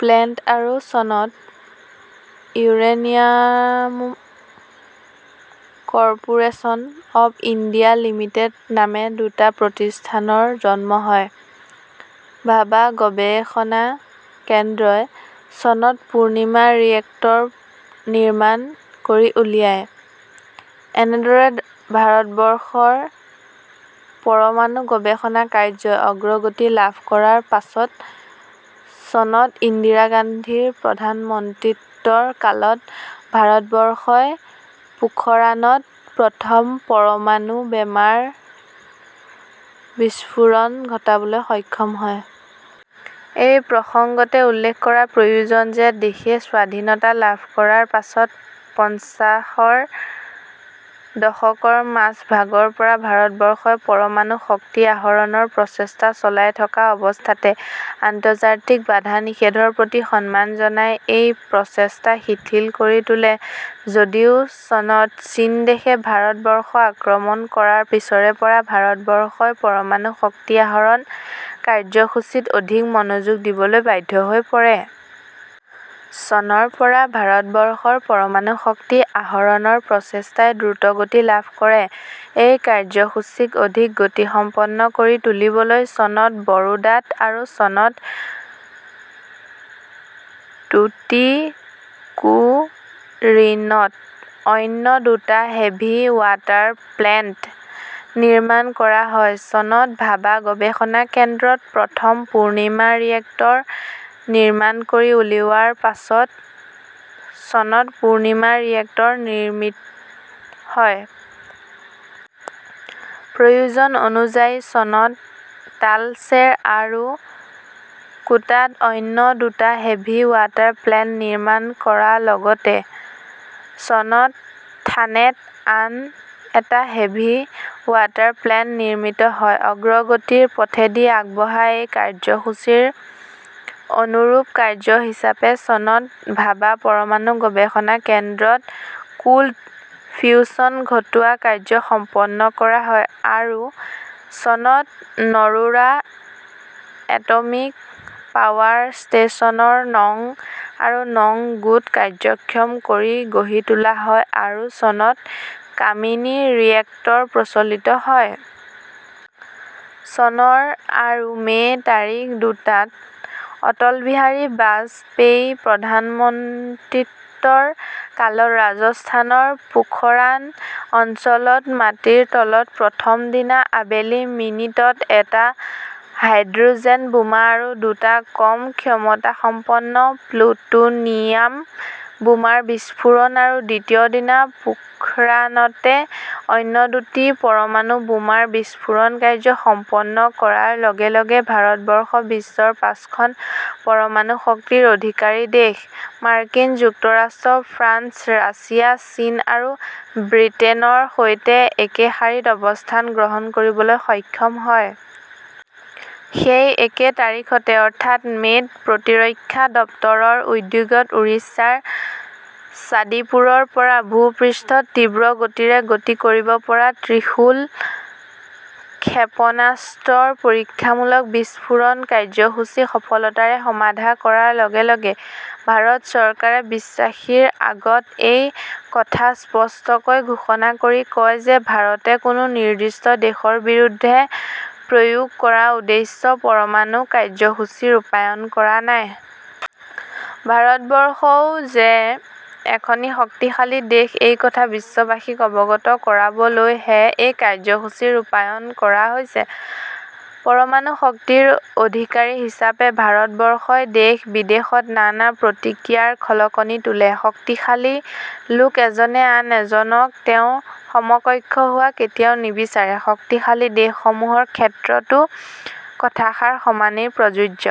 Plant আৰু চনত uranium corporation of India limited" নামে দুটা প্ৰতিষ্ঠানৰ জন্ম হয়। ভাবা গৱেষণা কেন্দ্ৰই চনত 'পূৰ্ণিমা ৰিয়েক্টৰ' নিৰ্মাণ কৰি উলিয়ায়। এনেদৰে ভাৰতবৰ্ষৰ পৰমাণু গৱেষণা কাৰ্যই অগ্ৰগতি লাভ কৰাৰ পাচত, চনত 'ইন্দিৰা গান্ধীৰ প্ৰধানমন্ত্ৰিত্বৰ কালত ভাৰতবৰ্ষই পোখৰাণত প্ৰথম পৰমাণু বোমাৰ বিস্ফোৰণ ঘটাবলৈ সক্ষম হয়। এই প্ৰসংগতে উল্লেখ কৰা প্ৰয়োজন যে দেশে স্বাধীনতা লাভ কৰাৰ পাচত, পঞ্চাশৰ দশকৰ মাজ ভাগৰপৰা ভাৰতবৰ্ষই পৰমাণু শক্তি আহৰণৰ প্ৰচেষ্টা চলাই থকা অৱস্থাতে আন্তৰ্জাতিক বাধা-নিষেধৰ প্ৰতি সন্মান জনাই এই প্ৰচেষ্টা শিথিল কৰি তোলে যদিও চনত চীনদেশে ভাৰতবৰ্ষ আক্ৰমণ কৰাৰ পিছৰেপৰা ভাৰতবৰ্ষই পৰমাণু শক্তি আহৰণ কাৰ্যসূচীত আধিক মনোযোগ দিবলৈ বাধ্য হৈ পৰে। চনৰপৰা ভাৰতবৰ্ষৰ পৰমাণু শক্তি আহৰণৰ প্ৰচেষ্টাই দ্ৰুত গতি লাভ কৰে। এই কাৰ্যসূচীক অধিক গতি সম্পন্ন কৰি তুলিবলৈ চনত বৰোদাত আৰু চনত টুটিকোৰিনত অন্য দুটা হেভী ওৱাটাৰ প্লেণ্ট নিৰ্মাণ কৰা হয়। চনত ভাবা গৱেষণা কেন্দ্ৰত প্ৰথম "পূৰ্ণিমা ৰিয়েক্টৰ" নিৰ্মাণ কৰি উলিওৱাৰ পিছত চনত "পূৰ্ণিমা- ৰিয়েক্টৰ" নিৰ্মিত হয়। প্ৰয়োজন অনুযায়ী চনত তালচেৰ আৰু কোটাত অন্য দুটা হেভী ওৱাটাৰ প্লেণ্ট নিৰ্মাণ কৰা লগতে চনত থানেত আন এটা হেভী ওৱাটাৰ প্লেণ্ট নিৰ্মিত হয়। অগ্ৰগতিৰ পথেদি আগবঢ়া এই কাৰ্যসূচীৰ অনুৰূপ কাৰ্য হিচাপে চনত ভাবা পৰমাণু গৱেষণা কেন্দ্ৰত কোল্ড ফিউচন ঘটোৱা কাৰ্য সম্পন্ন কৰা হয় ৷ আৰু চনত নৰোৰা এটমিক পাৱাৰ ষ্টেচনৰ নং আৰু নং গোট কাৰ্যক্ষম কৰি গঢ়ি তোলা হয় আৰু চনত "কামিনী ৰিয়েক্টৰ" প্ৰচলিত হয়। চনৰ আৰু মে' তাৰিখ দুটাত অটল বিহাৰী বাজপেয়ীৰ প্ৰধানমন্ত্ৰিত্বৰ কালত ৰাজস্থানৰ পোখৰাণ অঞ্চলত মাটিৰ তলত প্ৰথম দিনা আবেলি মিনিটত এটা হাইড্ৰোজেন বোমা আৰু দুটা কম ক্ষমতাসম্পন্ন প্লুটোনিয়াম বোমাৰ বিস্ফোৰণ আৰু দ্বিতীয় দিনা পোখৰাণতে অন্য দুটি পৰমাণু বোমাৰ বিস্ফোৰণ কাৰ্য সম্পন্ন কৰাৰ লগে লগে ভাৰতবৰ্ষ বিশ্বৰ পাঁচখন পৰমাণু শক্তিৰ অধিকাৰী দেশ মাৰ্কিন যুক্তৰাষ্ট্ৰ, ফ্ৰান্স, ৰাছিয়া, চীন আৰু বৃটেনৰ সৈতে একে শাৰীত অৱস্থান গ্ৰহণ কৰিবলৈ সক্ষম হয়। সেই একে তাৰিখতে অৰ্থাৎ মে'ত প্ৰতিৰক্ষা দপ্তৰৰ উদ্যোগত উৰিষ্যাৰ চাঁদিপুৰৰ পৰা ভূ-পৃষ্ঠত তীব্ৰগতিৰে গতি কৰিব পৰা ত্ৰিশূল ক্ষেপণাস্ত্ৰৰ পৰীক্ষামূলক বিস্ফোৰণ কাৰ্যসূচী সফলতাৰে সমাধা কৰাৰ লগে লগে ভাৰত চৰকাৰে বিশ্ববাসীৰ আগত এই কথা স্পষ্ট কৈ ঘোষণা কৰি কয় যে ভাৰতে কোনো নিৰ্দিষ্ট দেশৰ বিৰুদ্ধে প্ৰয়োগ কৰাৰ উদ্দেশ্য পৰমাণু কাৰ্য্যসূচী ৰূপায়ণ কৰা নাই। ভাৰতবৰ্ষও যে এখনি শক্তিশালী দেশ এইকথা বিশ্ববাসীক অৱগত কৰাবলৈহে এই কাৰ্যসূচী ৰূপায়ণ কৰা হৈছে। পৰমাণু শক্তিৰ অধিকাৰী হিচাপে ভাৰতবৰ্ষই দেশ-বিদেশত নানা প্ৰতিক্ৰিয়াৰ খলকনি তোলে। শক্তিশালী লোক এজনে আন এজনক তেওঁৰ সমকক্ষ হোৱা কেতিয়াও নিবিচাৰে। শক্তিশালী দেশসমূহৰ ক্ষেত্ৰতো কথাষাৰ সমানেই প্ৰযোজ্য।